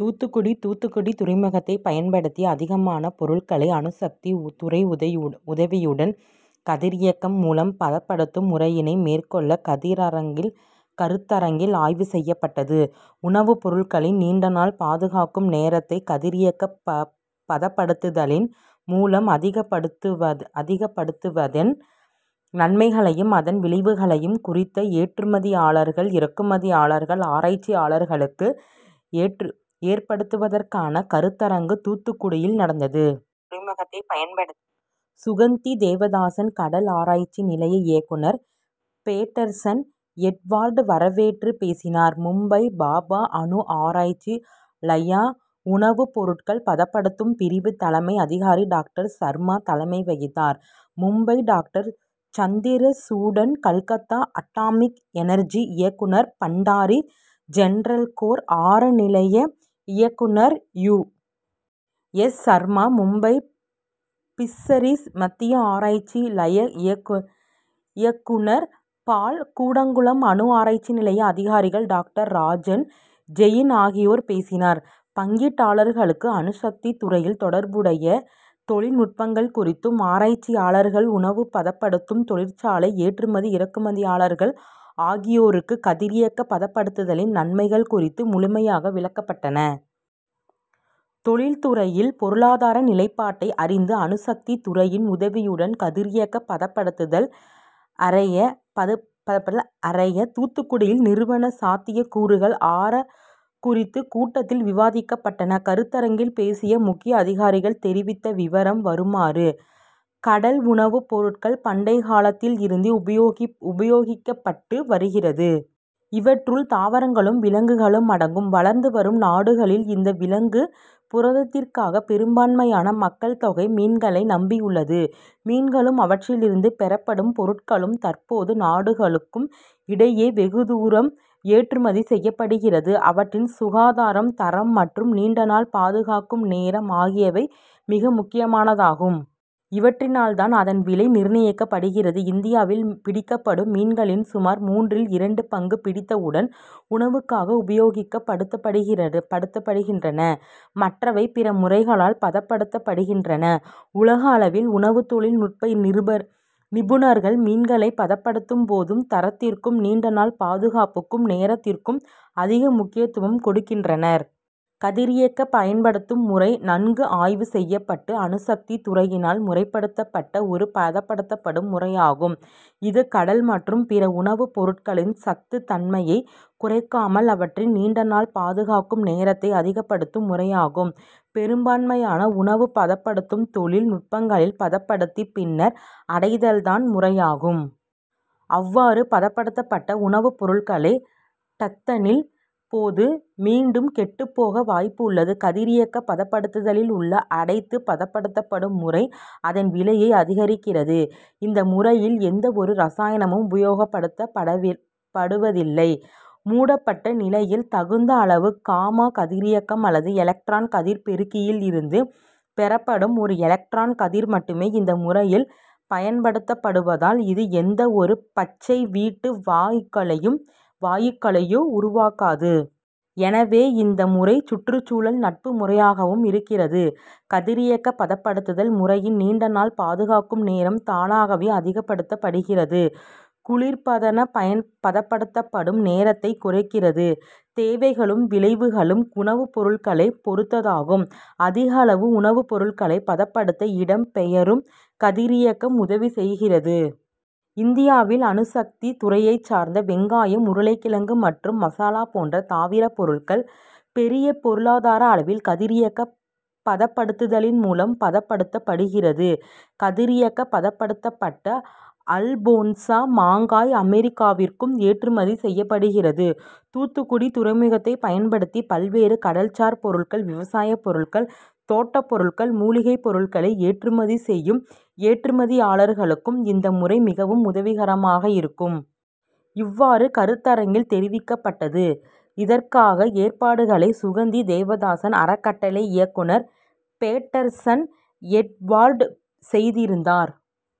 தூத்துக்குடி தூத்துக்குடி துறைமுககத்தை பயன்படுத்தி அதிகமான பொருட்களை அணுசக்தி துறை உதவியுடன் கதிரியக்கம் மூலம் பதப்படுத்தும் முறையினை மேற்கொள்ள கருத்தரங்கில் ஆய்வு செய்யப்பட்டது. உணவுப் பொருட்களின் நீண்டநாள் பாதுகாக்கும் நேரத்தை கதிரியக்கப் பதப்படுத்துதலின் மூலம் அதிகப்படுத்துவதின் நன்மைகளையும், அதன் விளைவுகளையும் குறித்து ஏற்றுமதியாளர்கள், இறக்குமதியாளர்கள், ஆராய்ச்சியாளர்களுக்கு ஏற்படுத்துவதற்கான கருத்தரங்கு தூத்துக்குடியில் நடந்தது. சுகந்தி தேவதாசன் கடல் ஆராய்சி நிலைய இயக்குநர் பேட்டர்சன் எட்வர்டு வரவேற்றுப் பேசினார். மும்பை பாபா அணு ஆராய்ச்சி லய உணவு பொருட்கள் பத ப்படுத்தும் பிரிவு தலைமை அதிகாரி டாக்டர் சர்மா தலைமை வகித்தார். Mumbai doctor Chandrachudan, Calcutta atomic energy இயக்குநர் பண்டாரி, சென்ட்ரல் கோர் ஆர நிலைய இயக்குநர் U. S. Sharma, Mumbai fisheries மத்திய ஆராய்சி லய இஈக்குநர் பால், கூடங்குளம் அணு ஆராய்ச்சி நிலைய அதிகாரிகள் டாக்டர் ராஜன், ஜெயின் ஆகியோர் பேசினர். பங்கீட்டாளர்களுக்கு அணுசக்தி துறையில் தொடர்புடையை தொழில் நுட்பங்கள் குறித்தும், ஆராய்ச்சியா ளர்கள், உணவுபதப்படுத்தும் தொழிற்சாலை ஏற்றுமதி, இறக்குதியாளர்கள் ஆ கியோருக்கு கதிரியக்க பதப்படுத்துதலின் நன்மைகள் குறித்து முழுமையாக விளக்கப்பட்டன. தொழில் துறையில் பொருளாதார நிலைப்பாட்டை அறிந்து, அணுசக்தி துறையின் உதவியுடன் கதிரியக்க பதப்படுத்துதல் றயை தூத்துக்குடியில் நிறுவன சாத்தியக் கூறுகள் ஆர குறித்து கூட்டத்தில் விவாதிக்கப்பட்டன. கருத்தரங்கில் பேசிய முக்கிய அதிகாரிகள் தெரிவித்த விபரம் வருமாறு; கடல் உணவு பொருட்கள் பண்டை காலத்தில் இருந்தே உபயோகிக்கப்பட்டு வருகிறது. இவற்றுள் தாவரங்களும், விலங்குகளும் அடங்கும். வளர்ந்துவரும் நாடுகளில் இந்த விலங்கு புரதத்திற்காக பெரும்பான்மையான மக்கள் தொகை மீன்களை நம்பியுள்ளது. மீன்களும் அவற்றில் இருந்து பெறப்படும் பொருட்களும் தற்போது நாடுகளுக்கு இடையே வெகுதூரம் ஏற்றுமதி செய்யப்படுகிறது. அவற்றின் சுகாதாரம், தரம் மற்றும் நீண்டநாள் பாதுகாக்கும் நேரம் ஆகியவை மிக முக்கியமானதாகும். இவற்றினால் தான் அதன் விலை நிர்ணயிக்கப்படுகிறது. இந்தியாவில் பிடிக்கப்படும் மீன்களில் சுமார் மூன்றில் இரண்டு பங்கு பிடித்தவுடன் உணவுக்காக உபயோகப்படுத்தப்படுகின்றன. மற்றவை பிற முறைகளால் பதப்படுத்தப்படுகின்றன. உலக அளவில் உணவு தொழில் நுட்ப நிபுணர்கள் மீன்களை பதப்படுத்தும் போது தரத்திற்கும் நீண்டநாள் பாதுகாக்கும் நேரத்திற்கும் அதிக முக்கியத்துவம் கொடுக்கின்றனர். கதிரியக்க பதப்படுத்தும் முறை நன்கு ஆய்வு செய்யப்பட்டு அணுசக்தி துறையினால் முறைப்படுத்தப்பட்ட ஒரு பதப்படுத்தும் முறையாகும். இது கடல் மற்றும் பிற உணவு பொருட்களின் சத்து தன்மையைக் குறைக்காமல் அவற்றின் நீண்டநாள் பாதுகாக்கும் நேரத்தை அதிகப்படுத்தும் முறையாகும். பெரும்பான்மையான உணவு பதப்படுத்தும் தொ ழில் நுட்பங்களில் பதப்படுத்தி பின்னர் அடைத்தல் தான் முறையாகும். அவ்வாறு பதப்படுத்தப்பட்ட உ ணவு பொருட்களை டத்தலின் போது மீண்டும் கெட்டுப்போக வாய்ப்புள் ளது. கதிரியக்க பதப்படுத்தலில் உள்ள அடைத்து பதப்படுத்தும் முறை அதன் விலையை அதிகரிக்கிறது. இந்த முறையில் எந்த ஒரு ரசாயனமும் உபயோகப்படுத்தப்படுவதில்லை. மூடப்பட்ட நிலையில் தகுந்த அள வு காமா கதிரியக்கம் அல்லது எலக்ட்ரான் கதிர் பெருக்கியில் இருந்து பெறப்படும் ஒரு எலக்ட்ரான் கதிர் மட்டுமே இந்த முறையில் பயன்படுத்தப்படுவதால், இது எந்த ஒரு பச்சை வீட்டு வா யுக்களையோ உருவாக்காது. எனவே இந்த முறை சுற்றுச்சூழல் நட்பு முறையாகவும் இருக்கிறது. கதிரியக்க பதப்படுத்துதல் முறையில் நீண்டநாள் பாதுகாக்கும் நேரம் தானாகவே அதிகப்படுத்தப்படுகிறது. குளிர்பதன பதப்படுத்தும் நேரத்தை குறைக்கிறது. தே வைகளும், விளைவுகளும் உணவு பொருட்களை பொ ருத்ததாகும். அதிக அளவு உணவு பொருட்களை பதப்படுத்த இடம் பெயரும் கதிரியக்கம் உதவி செய்கிறது. இந்தியாவில் அணுசக்தி துறையை சார்ந்து வெங்காயம், உருளைக்கிழங்கு மற்றும் மசாலா போன்ற தாவர பொருட்கள் பெரிய பொ ருளாதார அளவில் கதிரியக்க பதப்படுத்துதலின் மூலம் பதப்படுத்தப்படுகிறது. கதிரியக்கப் பதப்படுத்தப்பட்ட அல்போன்சா மாங்காய் அமெரிக்காவிற்கும் ஏற்றுமதி செய்யப்படுகிறது. தூத்துக்குடி துறைமுகத்தை பயன்படுத்தி பல்வே று கடல்சார் பொருட்கள், விவசாய பொருட்கள், தோ ட்டப் பொருட்கள், மூலிகைப் பொருட்களை ஏற்றுமதி செய்யும் ஏற்றுமதியாளர்களுக்கு இந்த முறை மிகவும் உதவிகரமாக இருக்கும். இவ்வாறு கருத்தரங்கில் தெரிவிக்கப்பட்டது. இதற்கான ஏற்பாடுகளை சுகந்தி தேவதாசன் அறக்கட்டளை இயக்குநர் பேட்டர்சன் எட்வர்டு செய்திருந்தார்.